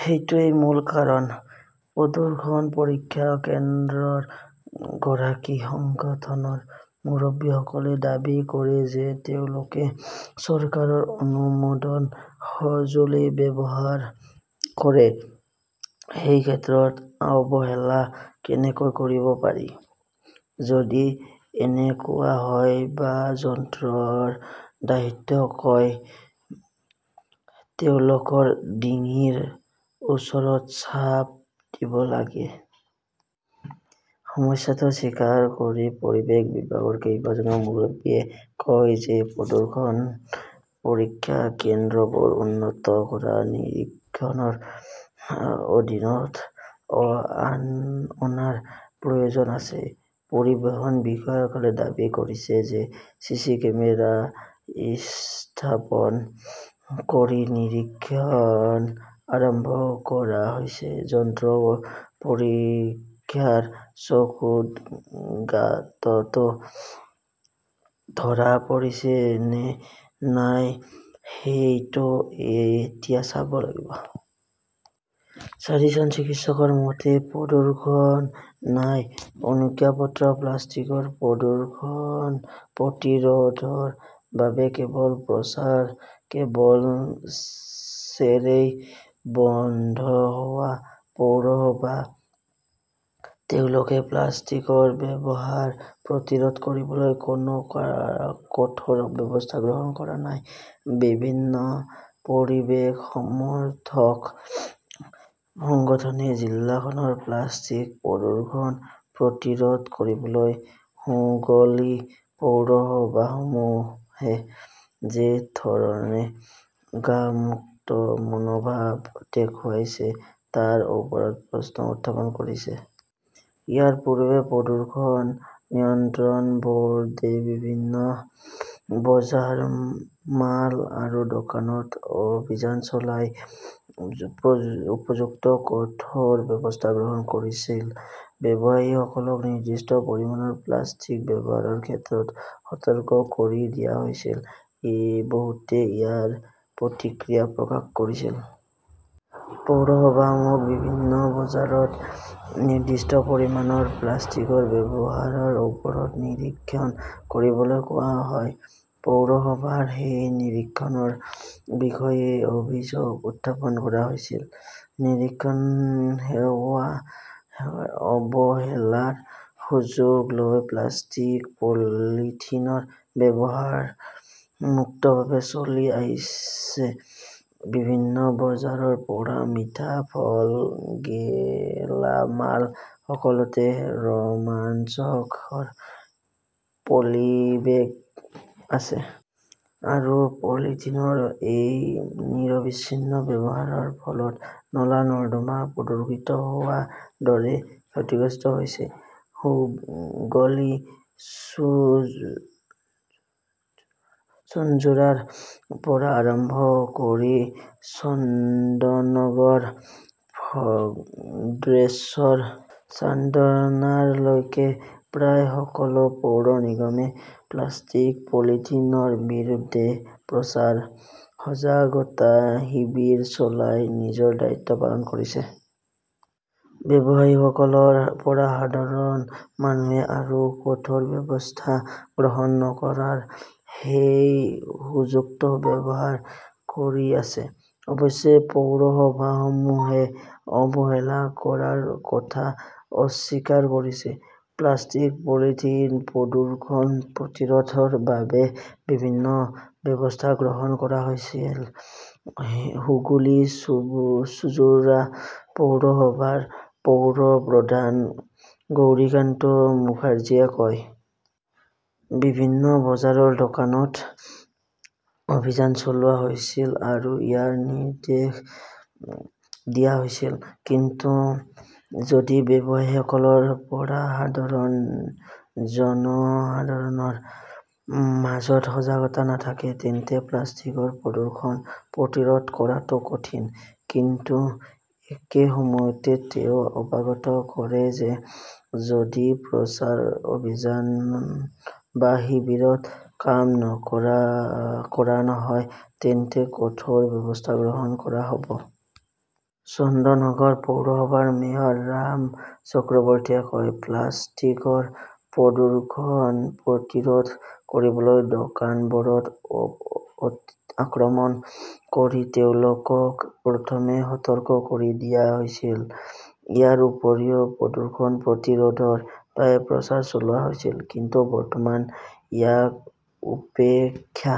সেইটোৱেই মূল কাৰণ। "প্ৰদূষণ পৰীক্ষা কেন্দ্ৰৰ গৰাকী সংগঠনৰ মুৰব্বীসকলে দাবী কৰে যে তেওঁলোকে চৰকাৰৰ অনুমোদিত সঁজুলি ব্যৱহাৰ কৰে। সেই ক্ষেত্ৰত অৱহেলা কেনেকৈ কৰিব পাৰি? যদি এনেকুৱা হয় বা যন্ত্ৰৰ দায়িত্ব কিয় তেওঁলোকৰ ডিঙিৰ ওপৰত চাপ দিব লাগে? সমস্যাটো স্বীকাৰ কৰি পৰিৱেশ বিভাগৰ কেইবাজনো মুৰব্বীয়ে কয় যে প্ৰদূষণ পৰীক্ষা কেন্দ্ৰবোৰ উন্নত কৰা, নিৰীক্ষণৰ অধীনত অনাৰ প্ৰয়োজন আছে। পৰিবহণ বিষয়াসকলে দাবী কৰিছে যে চিচি কেমেৰা স্থাপন কৰি নিৰীক্ষণ আৰম্ভ কৰা হৈছে। যন্ত্ৰ পৰীক্ষাৰীৰ চকুত গাঁতটো ধৰা পৰিছে নে নাই সেইটো এতিয়া চাব লাগিব। চাৰিজন চিকিৎসকৰ কোনো প্ৰদূষণ নাই-অনুজ্ঞাপত্ৰ প্লাষ্টিকৰ প্ৰদূষণ প্ৰতিৰোধৰ বাবে কেৱল প্ৰচাৰ কেৱল ছেৰেই বন্ধ হোৱা পৌৰসভা। তেওঁলোকে প্লাষ্টিকৰ ব্যৱহাৰ প্ৰতিৰোধ কৰিবলৈ কোনো কঠোৰ ব্যৱস্থা গ্ৰহণ কৰা নাই। বিভিন্ন পৰিৱেশ-সমৰ্থক সংগঠনে জিলাখনৰ প্লাষ্টিক প্ৰদূষণ প্ৰতিৰোধ কৰিবলৈ হুগলী পৌৰসভাসমূহে যি ধৰণে গা-মুক্ত মনোভাৱ দেখুৱাইছে তাৰ ওপৰত প্ৰশ্ন উত্থাপন কৰিছে। ইয়াৰ পূৰ্বে প্ৰদূষণ নিয়ন্ত্ৰণ ব "ৰ্ডে বিভিন্ন বজাৰ, মল আৰু দোকানত অভিযান চলাই উপযুক্ত কঠোৰ ব্যৱস্থা গ্ৰহণ কৰিছিল। ব্যৱসায়ীসকলক নিৰ্দিষ্ট পৰিমাণৰ প্লাষ্টিক ব্যৱহাৰৰ ক্ষেত্ৰত সতৰ্ক কৰি দিয়া হৈছিল। বহুতে ইয়াৰ প্ৰতিক্ৰিয়া প্ৰকাশ কৰিছিল। পৌৰসভাসমূহক বিভিন্ন বজাৰত নিৰ্দিষ্ট পৰিমাণৰ প্লাষ্টিকৰ ব্যৱহাৰৰ ওপৰত নিৰীক্ষণ কৰিবলৈ কোৱা হয়। পৌৰসভাৰ সেই নিৰীক্ষণৰ বিষয়ে অভিযোগ উত্থাপন কৰা হৈছে। নিৰীক্ষণ সেৱাৰ অৱহেলাৰ সুযোগ লৈ প্লাষ্টিক-পলিথিনৰ ব্যৱহাৰ মুক্তভাৱে চলি আছে। বিভিন্ন বজাৰৰ পৰা মিঠা, ফল, গেলামাল সকলোতে ৰোমাঞ্চকৰ পলিবেগ আছে। আৰু পলিথিনৰ এই নিৰবিচ্ছিন্ন ব্যৱহাৰৰ ফলত নলা-নৰ্দমা প্ৰদূষিত হোৱাৰ দৰে ক্ষতিগ্ৰস্ত হৈছে। হুগলী-চুঞ্চুৰাৰ পৰা আৰম্ভ কৰি চন্দননগৰ, ভদ্ৰেশ্বৰ, চান্দনাৰলৈকে প্ৰায় সকলো পৌৰ নিগমে প্লাষ্টিক-পলিথিনৰ বিৰুদ্ধে প্ৰচাৰ, সজাগতা শিবিৰ চলাই নিজৰ দায়িত্ব পালন কৰিছে। ব্যৱসায়ীসকলৰ পৰা সাধাৰণ মানুহে আৰু কঠোৰ ব্যৱস্থা গ্ৰহণ নকৰাৰ সেই সুযোগটো ব্যৱহাৰ কৰি আছে। অৱশ্যে পৌৰসভাসমূহে অৱহেলা কৰাৰ কথা অস্বীকাৰ কৰিছে। "প্লাষ্টিক-পলিথিন প্ৰদূষণ প্ৰতিৰোধৰ বাবে বিভিন্ন ব্যৱস্থা গ্ৰহণ কৰা হৈছিল", হুগলী-চুঞ্চুৰা পৌৰসভাৰ পৌৰ প্ৰধান গৌৰিকান্ত মুখাৰ্জীয়ে কয়। বিভিন্ন বজাৰৰ দোকানত অভিযান চলোৱা হৈছিল আৰু ইয়াৰ নিৰ্দেশ দিয়া হৈছিল। কিন্তু যদি ব্যৱসায়ীসকলৰ পৰা সাধাৰণ জনসাধাৰণৰ মাজত সজাগতা নাথাকে তেন্তে প্লাষ্টিকৰ প্ৰদূষণ প্ৰতিৰোধ কৰাটো কঠিন। "কিন্তু একে সময়তে তেওঁ অৱগত কৰে যে যদি প্ৰচাৰ অভিযান বা শিবিৰত কাম কৰা নহয় তেন্তে কঠোৰ ব্যৱস্থা গ্ৰহণ কৰা হ" ব। চন্দননগৰ পৌৰসভাৰ মেয়ৰ ৰাম চক্ৰৱৰ্তীয়ে কয়, "প্লাষ্টিকৰ প্ৰদূষণ প্ৰতিৰোধ কৰিবলৈ দোকানবোৰত আক্ৰমণ কৰি তেওঁলোকক প্ৰথমতে সতৰ্ক কৰি দিয়া হৈছিল। ইয়াৰ উপৰিও প্ৰদূষণ প্ৰতিৰোধৰ বাবে প্ৰচাৰ চলোৱা হৈছিল। কিন্তু বৰ্তমান ইয়াক উপেক্ষা